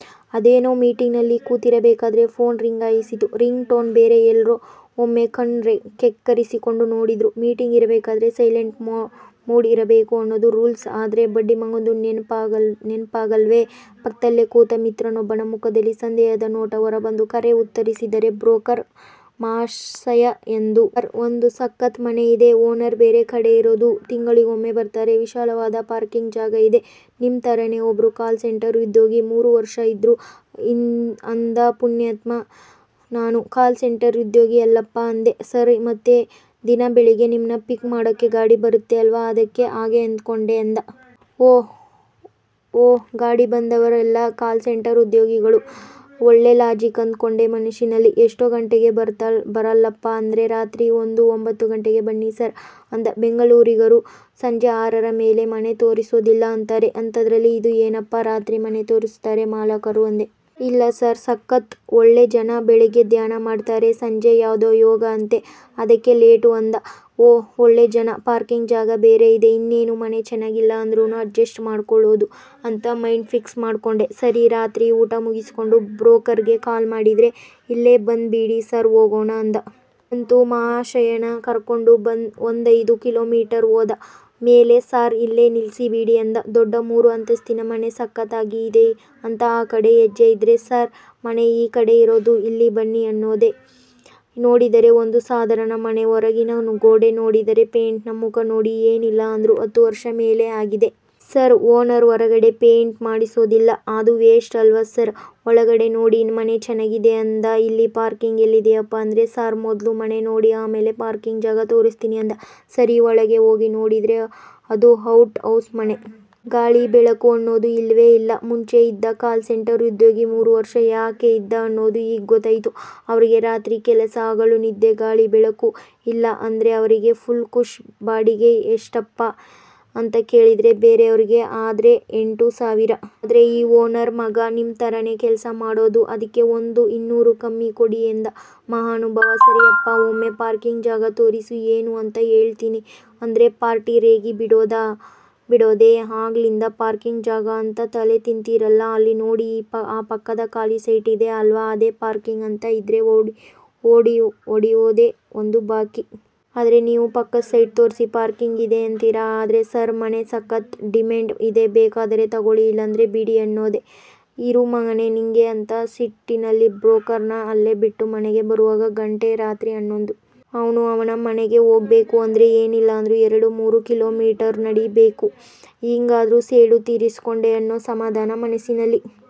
ಅದೇನೋ ಮೀಟಿಂಗಲ್ಲಿ ಕೂತಿರಬೇಕಾದ್ರೆ ಫೋನ್ ರಿಂಗಾಯಿಸಿತು. ರಿಂಗ್ ಟೋನ್ ಬೇರೆ. ಎಲ್ರೂ ಒಮ್ಮೆ ಕಣ್ಣು ಕೆಕ್ಕರಿಸ್ಕೊಂಡು ನೋಡಿದ್ರು. ಮೀಟಿಂಗ್ ಇರ್ಬೇಕಾದ್ರೆ ಸೈಲೆಂಟ್ ಮೋಡ್ ಇಡಬೇಕು ಅನ್ನೋದು ರೂಲ್ಸ್, ಆದ್ರೆ ಬಡ್ಡಿಮಗಂದು ನೆನಪಾಗಲ್ವೆ ಪಕ್ಕದಲ್ಲೇ ಕೂತ ಮಿತ್ರನೊಬ್ಬನ ಮುಖದಲ್ಲಿ ಸಂದೇಹದ ನೋಟ. ಹೊರಬಂದು ಕರೆ ಉತ್ತರಿಸಿದರೆ ಬ್ರೋಕರ್ ಮಹಾಶಯಂದು. ಸಾರ್ ಒಂದು ಸಕ್ಕತ್ ಮನೆ ಇದೆ. ಓನರ್ ಬೇರೆ ಕಡೆ ಇರೋದು, ತಿಂಗಳಿಗೊಮ್ಮೆ ಬರ್ತಾರೆ, ವಿಶಾಲವಾದ ಪಾರ್ಕಿಂಗ್ ಜಾಗ ಇದೆ, ನಿಮ್ ತರಾನೆ ಒಬ್ರು ಕಾಲ್ ಸೆಂಟರ್ ಉದ್ಯೋಗಿ ಮೂರು ವರ್ಷ ಇದ್ರು, ಅಂದ. ಪುಣ್ಯಾತ್ಮ ನಾನು ಕಾಲ್ ಸೆಂಟರ್ ಉದ್ಯೋಗಿ ಅಲ್ಲಪ್ಪ ಅಂದೆ. ಸರ್ ಮತ್ತೆ ದಿನ ಬೆಳಗ್ಗೆ ನಿಮ್ಮನ್ನ ಪಿಕ್ ಮಾಡಕ್ಕೆ ಗಾಡಿ ಬರತ್ತೆ ಅಲ್ವಾ ಅದ್ಕೆ ಹಾಗೆ ಅಂದ್ಕೊಂಡೆ ಅಂದ. ಓಹೋ ಗಾಡಿ ಬಂದವರೆಲ್ಲ ಕಾಲ್ ಸೆಂಟರ್ ಉದ್ಯೋಗಿಗಳು. ಒಳ್ಳೇ ಲಾಜಿಕ್ ಅಂದ್ಕೊಂಡೆ ಮನಸ್ಸಿನಲ್ಲಿ. ಎಷ್ಟು ಗಂಟೆಗೆ ಬರಲಪ್ಪ ಅಂದ್ರೆ ರಾತ್ರೆ ಒಂದು ಒಂಭತ್ತು ಗಂಟೆಗೆ ಬನ್ನಿ ಸಾರ್ ಅಂದ. ಬೆಂಗಳೂರಿಗರು ಸಂಜೆ ಆರರ ಮೇಲೆ ಮನೆ ತೋರಿಸೋದಿಲ್ಲ ಅಂತಾರೆ, ಅಂತದ್ರಲ್ಲಿ ಇದು ಏನಪ್ಪಾ ರಾತ್ರೆ ಮನೆ ತೋರಿಸ್ತಾರೆ ಮಾಲಕರು ಅಂದೆ. ಇಲ್ಲಾ ಸಾರ್ ಸಕತ್ ಒಳ್ಳೆ ಜನ, ಬೆಳಗ್ಗೆ ಧ್ಯಾನ ಮಾಡ್ತಾರೆ, ಸಂಜೆ ಯಾವ್ದೋ ಯೋಗ ಅಂತೆ ಅದ್ಕೆ ಲೇಟು ಅಂದ. ಓಹೋ ಒಳ್ಳೆ ಜನ, ಪಾರ್ಕಿಂಗ್ ಜಾಗ ಬೇರೆ ಇದೆ, ಇನ್ನೇನು ಮನೆ ಚೆನಾಗಿಲ್ಲ ಅಂದ್ರೂನು ಅಡ್ಜಸ್ಟ್ ಮಾಡ್ಕೊಳ್ಳೋದು ಅಂತ ಮೈಂಡ್ ಫಿಕ್ಸ್ ಮಾಡ್ಕೊಂಡೆ. ಸರೀ ರಾತ್ರಿ ಊಟ ಮುಗಿಸ್ಕೊಂಡು ಬ್ರೋಕರ್ ಗೆ ಕಾಲ್ ಮಾಡಿದ್ರೆ ಇಲ್ಲೇ ಬಂದ್ ಬಿಡಿ ಸಾರ್ ಹೋಗೋಣ ಅಂದ. ಅಂತು ಮಹಾಶಯನ ಕರ್ಕೊಂಡು ಒಂದೈದು ಕಿಲೋಮೀಟರು ಹೋದ ಮೇಲೆ ಸಾರ್ ಇಲ್ಲೇ ನಿಲ್ಲಿಸಿ ಬಿಡಿ ಅಂದ. ದೊಡ್ಡ ಮೂರು ಅಂತಸ್ತಿನ ಮನೆ. ಸಕತ್ ಆಗಿ ಇದೆ ಅಂತ ಆ ಕಡೆ ಹೆಜ್ಜೆ ಇದ್ರೆ, ಸಾರ್ ಮನೆ ಈ ಕಡೆ ಇರೋದು ಇಲ್ಲಿ ಬನ್ನಿ ಅನ್ನೋದೆ? ನೋಡಿದರೆ ಒಂದು ಸಾದಾರಣ ಮನೆ, ಹೊರಗಿನ ಗೋಡೆ ನೋಡಿದರೆ ಪೇಯಿಂಟ್ ನ ಮುಖ ನೋಡಿ ಏನಿಲ್ಲಾ ಅಂದ್ರು ಹತ್ತು ವರ್ಷ ಮೇಲೆ ಆಗಿದೆ. ಸಾರ್ ಓನರ್ ಹೊರಗಡೆ ಪೇಯಿಂಟ್ ಮಾಡಿಸೋದಿಲ್ಲ ಅದು ವೇಸ್ಟ್ ಅಲ್ವಾ ಸಾರ್ ಒಳಗಡೆ ನೋಡಿ ಮನೆ ಚೆನ್ನಾಗಿದೆ ಅಂದ. ಇಲ್ಲಿ ಪಾರ್ಕಿಂಗ್ ಎಲ್ಲಿದೆಯಪ್ಪ ಅಂದ್ರೆ ಸಾರ್ ಮೊದ್ಲು ಮನೆ ನೋಡಿ ಆಮೇಲೆ ಪಾರ್ಕಿಂಗ್ ಜಾಗ ತೋರಿಸ್ತೇನೆ ಅಂದ. ಸರಿ ಒಳಗೆ ಹೋಗಿ ನೋಡಿದ್ರೆ ಅದು ಔಟ್ ಹೌಸ್ ಮನೆ. ಗಾಳಿ ಬೆಳಕು ಅನ್ನೋದು ಇಲ್ವೇ ಇಲ್ಲ. ಮುಂಚೆ ಇದ್ದ ಕಾಲ್ ಸೆಂಟರ್ ಉದ್ಯೋಗಿ ಮೂರು ವರ್ಷ ಯಾಕೆ ಇದ್ದ ಅನ್ನೋದು ಈಗ ಗೊತ್ತಾಯಿತು. ಅವ್ರಿಗೆ ರಾತ್ರೆ ಕೆಲಸ ಹಗಲು ನಿದ್ದೆ, ಗಾಳಿ ಬೆಳಕು ಇಲ್ಲ ಅಂದ್ರೆ ಅವ್ರಿಗೆ ಫುಲ್ ಕುಶ್ ಬಾಡಿಗೆ ಎಷ್ಟಪ್ಪ ಅಂತ ಕೇಳಿದ್ರೆ ಬೇರೆ ಅವ್ರಿಗೆ ಆದ್ರೆ ಎಂಟು ಸಾವಿರ. ಆದ್ರೆ ಈ ಓನರ್ ಮಗ ನಿಮ್ ತರಾನೆ ಕೆಲಸ ಮಾಡೋದು ಅದ್ಕೆ ಒಂದು ಇನ್ನೂರು ಕಮ್ಮಿ ಕೊಡಿ ಅಂದ ಮಹಾನುಭಾವ. ಸರೀಪ್ಪ ಒಮ್ಮೆ ಪಾರ್ಕಿಂಗ್ ಜಾಗ ತೋರಿಸು ಏನು ಅಂತ ಹೇಳ್ತೇನೆ ಅಂದ್ರೆ ಪಾರ್ಟಿ ರೇಗಿ ಬಿಡೋದೇ?. ಆಗ್ಲಿಂದ ಪಾರ್ಕಿಂಗ್ ಜಾಗ ಅಂತ ತಲೆ ತಿನ್ತೀರಲ್ಲ ಅಲ್ಲಿ ನೋಡಿ ಆ ಪಕ್ಕದ ಖಾಲಿ ಸೈಟ್ ಇದೆ ಅಲ್ವಾ, ಅದೇ ಪಾರ್ಕಿಂಗ್ ಅಂತಾ ಇದ್ರೆ ಹೊಡಿಯೋದು ಒಂದೇ ಬಾಕಿ. ಏನ್ರಿ ನೀವು ಪಕ್ಕದ್ ಸೈಟ್ ತೋರಿಸಿ ಪಾರ್ಕಿಂಗ್ ಇದೆ ಅಂತೀರಾ ಅಂದ್ರೆ ಸಾರ್ ಮನೆ ಸಕತ್ ಡಿಮ್ಯಾಂಡ್ ಇದೆ ಬೇಕಾದರೆ ತಗೋಳಿ ಇಲ್ಲಾಂದ್ರೆ ಬಿಡಿ ಅನ್ನೊದೆ.? ಇರು ಮಗನೆ ನಿಂಗೆ ಅಂತ ಸಿಟ್ಟಿನಲ್ಲಿ ಬ್ರೋಕರ್ ನ ಅಲ್ಲೇ ಬಿಟ್ಟು ಮನೆಗೆ ಬರೋವಾಗ ಗಂಟೆ ರಾತ್ರಿ ಹನ್ನೊಂದು. ಅವ್ನು ಅವನ ಮನೆಗೆ ಹೋಗ್ಬೇಕು ಅಂದ್ರೆ ಏನಿಲ್ಲ ಅಂದ್ರು ಎರಡು-ಮೂರು ಕಿಲೋಮೀಟರು ನಡೀಬೇಕು, ಹೀಗಾದ್ರೂ ಸೇಡು ತೀರಿಸ್ಕೊಂಡೆ ಅನ್ನೋ ಸಮಾದಾನ ಮನಸ್ಸಿನಲ್ಲಿ.